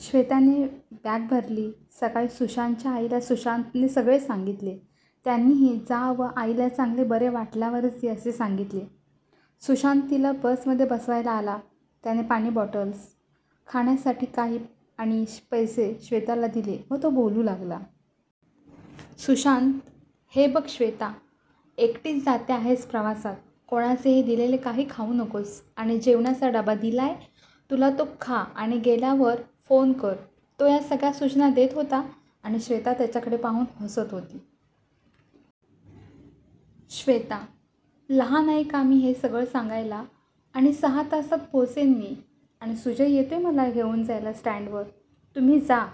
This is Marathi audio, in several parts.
श्वेताने बॅग भरली. सकाळी सुशांतच्या आईला सुशांतने सगळे सांगितले. त्यांनीही जा व आईला चांगले बरे वाटल्यावरच ये असे सांगितले. सुशांत तिला बसमध्ये बसवायला आला, त्याने पाणी बॉटल्स, खाण्यासाठी काही आणि पैसे श्वेताला दिले व तो बोलू लागला. सुशांत, हे बघ श्वेता, एकटीच जाते आहेस प्रवासात, कोणाचेही दिलेले काही खाऊ नकोस आणि जेवणाचा डबा दिलाय तुला तो खा आणि गेल्यावर फोन कर, तो या सगळ्या सूचना देत होता आणि श्वेता त्याच्याकडे पाहून हसत होती. श्वेता, लहान आहे का मी हे सगळं सांगायला, आणि सहा तासांत पोहोचेन मी आणि सुजय येतोय मला घेऊन जायला स्टँडवर, तुम्ही जा,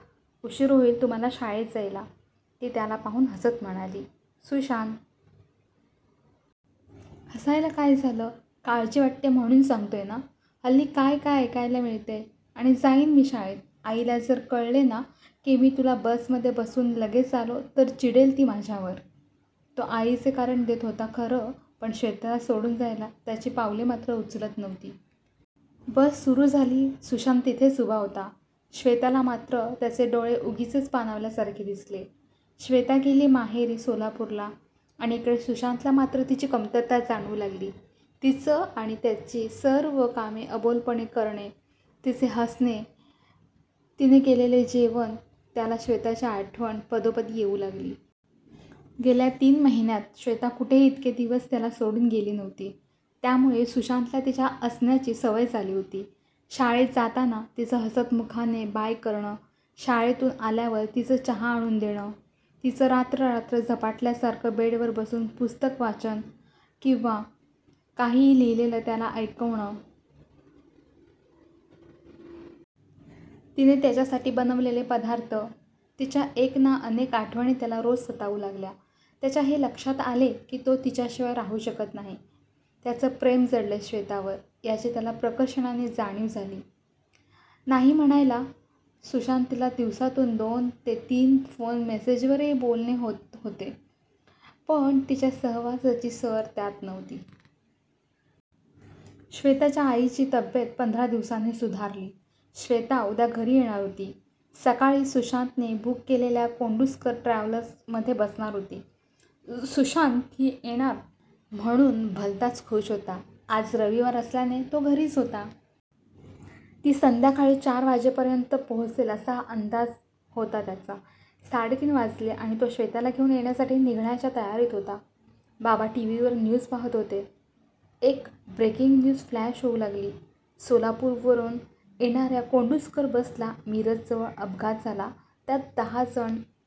उशीर होईल तुम्हाला शाळेत जायला. ती त्याला पाहून हसत म्हणाली. सुशांत, हसायला काय झालं, काळजी वाटते म्हणून सांगतोय ना, हल्ली काय काय ऐकायला मिळतेय, आणि जाईन मी शाळेत, आईला जर कळले ना की मी तुला बसमध्ये बसवून लगेच आलो तर चिडेल ती माझ्यावर, तो आईचे कारण देत होता खरं, पण श्वेताला सोडून जायला त्याची पावले मात्र उचलत नव्हती. बस सुरू झाली. सुशांत तिथेच उभा होता. श्वेताला मात्र त्याचे डोळे उगीचच पाणावल्यासारखे दिसले. श्वेता गेली माहेरी सोलापूरला आणि इकडे सुशांतला मात्र तिची कमतरता जाणवू लागली. तिचं त्याची सर्व कामे अबोलपणे करणे, तिचे हसणे, तिने केलेले जेवण त्याला श्वेताची आठवण पदोपदी येऊ लागली. गेल्या तीन महिन्यांत श्वेता कुठेही इतके दिवस त्याला सोडून गेली नव्हती. त्यामुळे सुशांतला तिच्या असण्याची सवय झाली होती. शाळेत जाताना तिचं हसतमुखाने बाय करणं. शाळेतून आल्यावर तिचं चहा आणून देणं. तिचं रात्र रात्र झपाटल्यासारखं बेडवर बसून पुस्तक वाचन किंवा काही लिहिलेलं त्याला ऐकवणे. तिने त्याच्यासाठी बनवलेले पदार्थ, तिच्या एक ना अनेक आठवणी त्याला रोज सतावू लागल्या. त्याच्या हे लक्षात आले की तो तिच्याशिवाय राहू शकत नाही. त्याचं प्रेम जडलंय श्वेतावर याची त्याला प्रकर्षाने जाणीव झाली. नाही म्हणायला सुशांत तिला दिवसातून दोन-तीन फोन व मेसेजवरही बोलणे होत असे पण तिच्या सहवासाची सर त्यात नव्हती. श्वेताच्या आईची तब्येत पंधरा दिवसांनी सुधारली. श्वेता उद्या घरी येणार होती. सकाळीच ती सुशांतने बुक केलेल्या कोंडूस्कर ट्रॅव्हल्समध्ये बसणार होती. सुशांत ती येणार म्हणून भलताच खूष होता. आज रविवार असल्याने तो घरीच होता. ती संध्याकाळी चार वाजेपर्यंत पोहोचेल असा अंदाज होता त्याचा; साडेतीन वाजले आणि तो श्वेताला घेऊन येण्यासाठी निघण्याच्या तयारीत होता. बाबा टीव्हीवर न्यूज पाहत होते. एक ब्रेकिंग न्यूज फ्लॅश होऊ लागली. सोलापूरवरून येणाऱ्या कोंडूस्कर बसला मिरजजवळ अपघात झाला. त्यात दहा जण